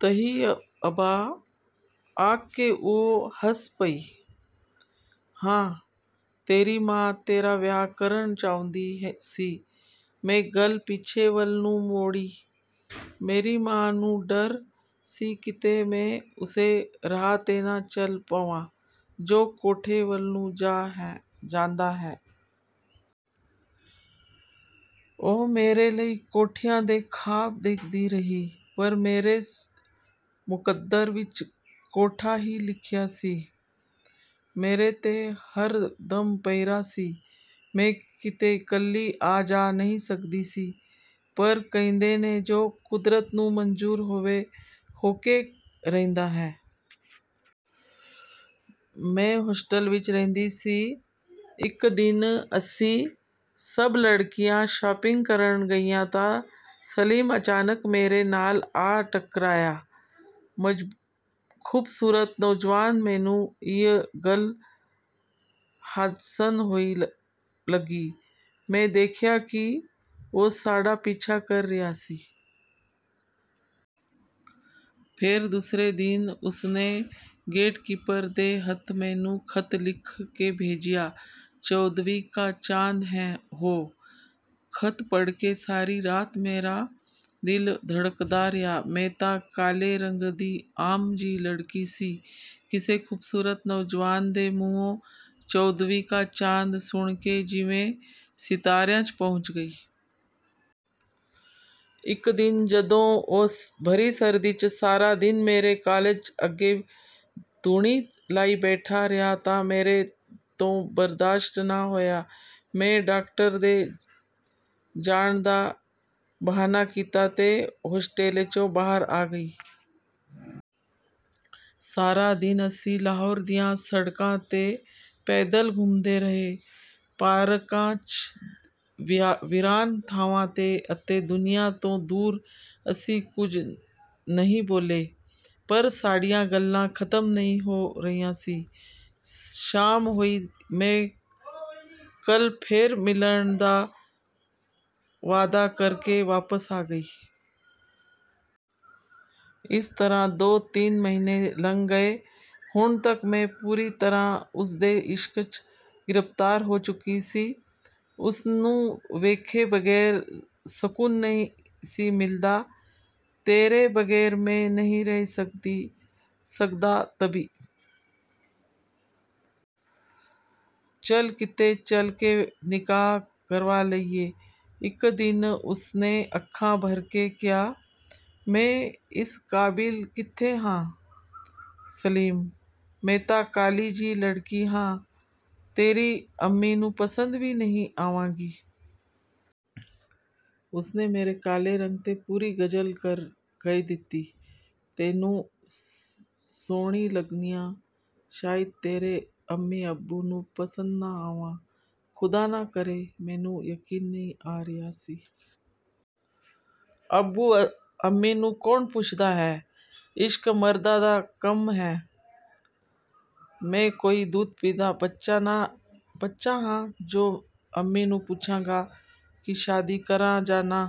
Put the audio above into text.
ਤਈਅਬਾ। " ਆਖ ਕੇ ਉਹ ਹੱਸ ਪਈ। "ਹਾਂ, ਤੇਰੀ ਮਾਂ ਤੇਰਾ ਵਿਆਹ ਕਰਨਾ ਚਾਹੁੰਦੀ ਸੀ। " ਮੈਂ ਗੱਲ ਪਿੱਛੇ ਵੱਲ ਨੂੰ ਮੋੜੀ। "ਮੇਰੀ ਮਾਂ ਨੂੰ ਡਰ ਸੀ ਕਿਤੇ ਮੈਂ ਉਸੇ ਰਾਹ 'ਤੇ ਨਾ ਚੱਲ ਪਵਾਂ ਜੋ ਕੋਠੇ ਵੱਲ ਨੂੰ ਜਾਂਦਾ ਏ। ਉਹ ਮੇਰੇ ਲਈ ਕੋਠੀਆਂ ਦੇ ਖਾਬ ਦੇਖਦੀ ਰਹੀ ਪਰ ਮੇਰੇ ਮੁਕੱਦਰ ਵਿਚ ਕੋਠਾ ਹੀ ਲਿਖਿਆ ਸੀ। ਮੇਰੇ 'ਤੇ ਹਰ ਦਮ ਪਹਿਰਾ ਸੀ। ਮੈਂ ਕਿਤੇ ਇਕੱਲੀ ਆ ਜਾ ਨਹੀਂ ਸਕਦੀ ਸੀ ਪਰ ਕਹਿੰਦੇ ਨੇ ਜੋ ਕੁਦਰਤ ਨੂੰ ਮੰਜ਼ੂਰ ਹੋਵੇ ਹੋ ਕੇ ਰਹਿੰਦਾ ਏ। ਮੈਂ ਹੋਸਟਲ ਵਿਚ ਰਹਿੰਦੀ ਸੀ। ਇੱਕ ਦਿਨ ਅਸੀਂ ਸਭ ਲੜਕੀਆਂ ਸ਼ਾਪਿੰਗ ਕਰਨ ਗਈਆਂ ਤਾਂ ਸਲੀਮ ਅਚਾਨਕ ਮੇਰੇ ਨਾਲ ਆ ਟਕਰਾਇਆ। ਖੂਬਸੂਰਤ ਨੌਜਵਾਨ। ਮੈਨੂੰ ਇਹ ਗੱਲ ਹਾਦਸਨ ਹੋਈ ਲੱਗੀ। ਮੈਂ ਦੇਖਿਆ ਕਿ ਉਹ ਸਾਡਾ ਪਿੱਛਾ ਕਰ ਰਿਹਾ ਸੀ। ਫੇਰ ਦੂਸਰੇ ਦਿਨ ਉਸ ਨੇ ਗੇਟਕੀਪਰ ਦੇ ਹੱਥ ਮੈਨੂੰ ਖ਼ਤ ਲਿਖ ਕੇ ਭੇਜਿਆ। "ਚੌਦਵੀਂ ਕਾ ਚਾਂਦ ਹੋ…। " ਖ਼ਤ ਪੜ੍ਹ ਕੇ ਸਾਰੀ ਰਾਤ ਮੇਰਾ ਦਿਲ ਧੜਕਦਾ ਰਿਹਾ। ਮੈਂ ਤਾਂ ਕਾਲੇ ਰੰਗ ਦੀ ਆਮ ਜਿਹੀ ਲੜਕੀ ਸੀ… ਕਿਸੇ ਖ਼ੂਬਸੂਰਤ ਨੌਜਵਾਨ ਦੇ ਮੂੰਹੋਂ 'ਚੌਦਵੀਂ ਕਾ ਚਾਂਦ' ਸੁਣ ਕੇ ਜਿਵੇਂ ਸਿਤਾਰਿਆਂ 'ਚ ਪਹੁੰਚ ਗਈ। ਇੱਕ ਦਿਨ ਜਦੋਂ ਉਹ ਭਰੀ ਸਰਦੀ 'ਚ ਸਾਰਾ ਦਿਨ ਮੇਰੇ ਕਾਲਜ ਅੱਗੋਂ ਧੂਣੀ ਲਾਈ ਬੈਠਾ ਰਿਹਾ ਤਾਂ ਮੇਰੇ ਤੋਂ ਬਰਦਾਸ਼ਤ ਨਾ ਹੋਇਆ। ਮੈਂ ਡਾਕਟਰ ਦੇ ਜਾਣ ਦਾ ਬਹਾਨਾ ਕੀਤਾ ਤੇ ਹੋਸਟਲ ਤੋਂ ਬਾਹਰ ਆ ਗਈ। ਸਾਰਾ ਦਿਨ ਅਸੀਂ ਲਾਹੌਰ ਦੀਆਂ ਸੜਕਾਂ 'ਤੇ ਪੈਦਲ ਘੁੰਮਦੇ ਰਹੇ। ਪਾਰਕਾਂ 'ਚ, ਵੀਰਾਨ ਥਾਵਾਂ 'ਤੇ ਅਤੇ ਦੁਨੀਆਂ ਤੋਂ ਦੂਰ। ਅਸੀਂ ਕੁਝ ਨਹੀਂ ਬੋਲੇ ਪਰ ਸਾਡੀਆਂ ਗੱਲਾਂ ਖ਼ਤਮ ਨਹੀਂ ਹੋ ਰਹੀਆਂ ਸੀ। ਸ਼ਾਮ ਹੋਈ ਮੈਂ 'ਕੱਲ੍ਹ ਫੇਰ ਮਿਲਣ' ਦਾ ਵਾਅਦਾ ਕਰ ਕੇ ਵਾਪਸ ਆ ਗਈ। ਇਸ ਤਰ੍ਹਾਂ ਦੋ ਤਿੰਨ ਮਹੀਨੇ ਲੰਘ ਗਏ। ਹੁਣ ਤੱਕ ਮੈਂ ਪੂਰੀ ਤਰ੍ਹਾਂ ਉਸ ਦੇ ਇਸ਼ਕ 'ਚ ਗ੍ਰਿਫਤਾਰ ਹੋ ਚੁੱਕੀ ਸੀ। ਉਸ ਨੂੰ ਵੇਖੇ ਬਗੈਰ ਸਕੂਨ ਨਹੀਂ ਸੀ ਮਿਲਦਾ। "ਤੇਰੇ ਬਗ਼ੈਰ ਮੈਂ ਨਹੀਂ ਰਹਿ ਸਕਦਾ ਤਬੀ। ਚੱਲ ਕਿਤੇ ਚੱਲ ਕੇ ਨਿਕਾਹ ਕਰਵਾ ਲਈਏ। " ਇੱਕ ਦਿਨ ਉਸ ਨੇ ਅੱਖਾਂ ਭਰ ਕੇ ਕਿਹਾ। "ਮੈਂ ਇਸ ਕਾਬਿਲ ਕਿਥੇ ਹਾਂ ਸਲੀਮ। ਮੈਂ ਤਾਂ ਕਾਲੀ ਜਿਹੀ ਲੜਕੀ ਹਾਂ, ਤੇਰੀ ਅੰਮੀ ਨੂੰ ਪਸੰਦ ਵੀ ਨਹੀਂ ਆਵਾਂਗੀ। " ਉਸ ਨੇ ਮੇਰੇ ਕਾਲੇ ਰੰਗ 'ਤੇ ਪੂਰੀ ਗਜ਼ਲ ਕਹਿ ਦਿੱਤੀ। "ਤੈਨੂੰ ਸੁਹਣੀ ਲੱਗਣੀ ਆਂ। ਸ਼ਾਇਦ ਤੇਰੇ ਅੰਮੀ ਅੱਬੂ ਨੂੰ ਪਸੰਦ ਨਾ ਆਵਾਂ, ਖੁਦਾ ਨਾ ਕਰੇ। " ਮੈਨੂੰ ਯਕੀਨ ਨਹੀਂ ਆ ਰਿਹਾ ਸੀ। "ਅੱਬੂ ਅੰਮੀ ਨੂੰ ਕੌਣ ਪੁੱਛਦਾ ਏ। ਇਸ਼ਕ ਮਰਦਾਂ ਦਾ ਕੰਮ ਏ। ਮੈਂ ਕੋਈ ਦੁੱਧ ਪੀਂਦਾ ਬੱਚਾ ਹਾਂ ਜੋ ਅੰਮੀ ਨੂੰ ਪੁੱਛਾਂਗਾ ਕਿ ਸ਼ਾਦੀ ਕਰਾਂ ਜਾਂ ਨਾ?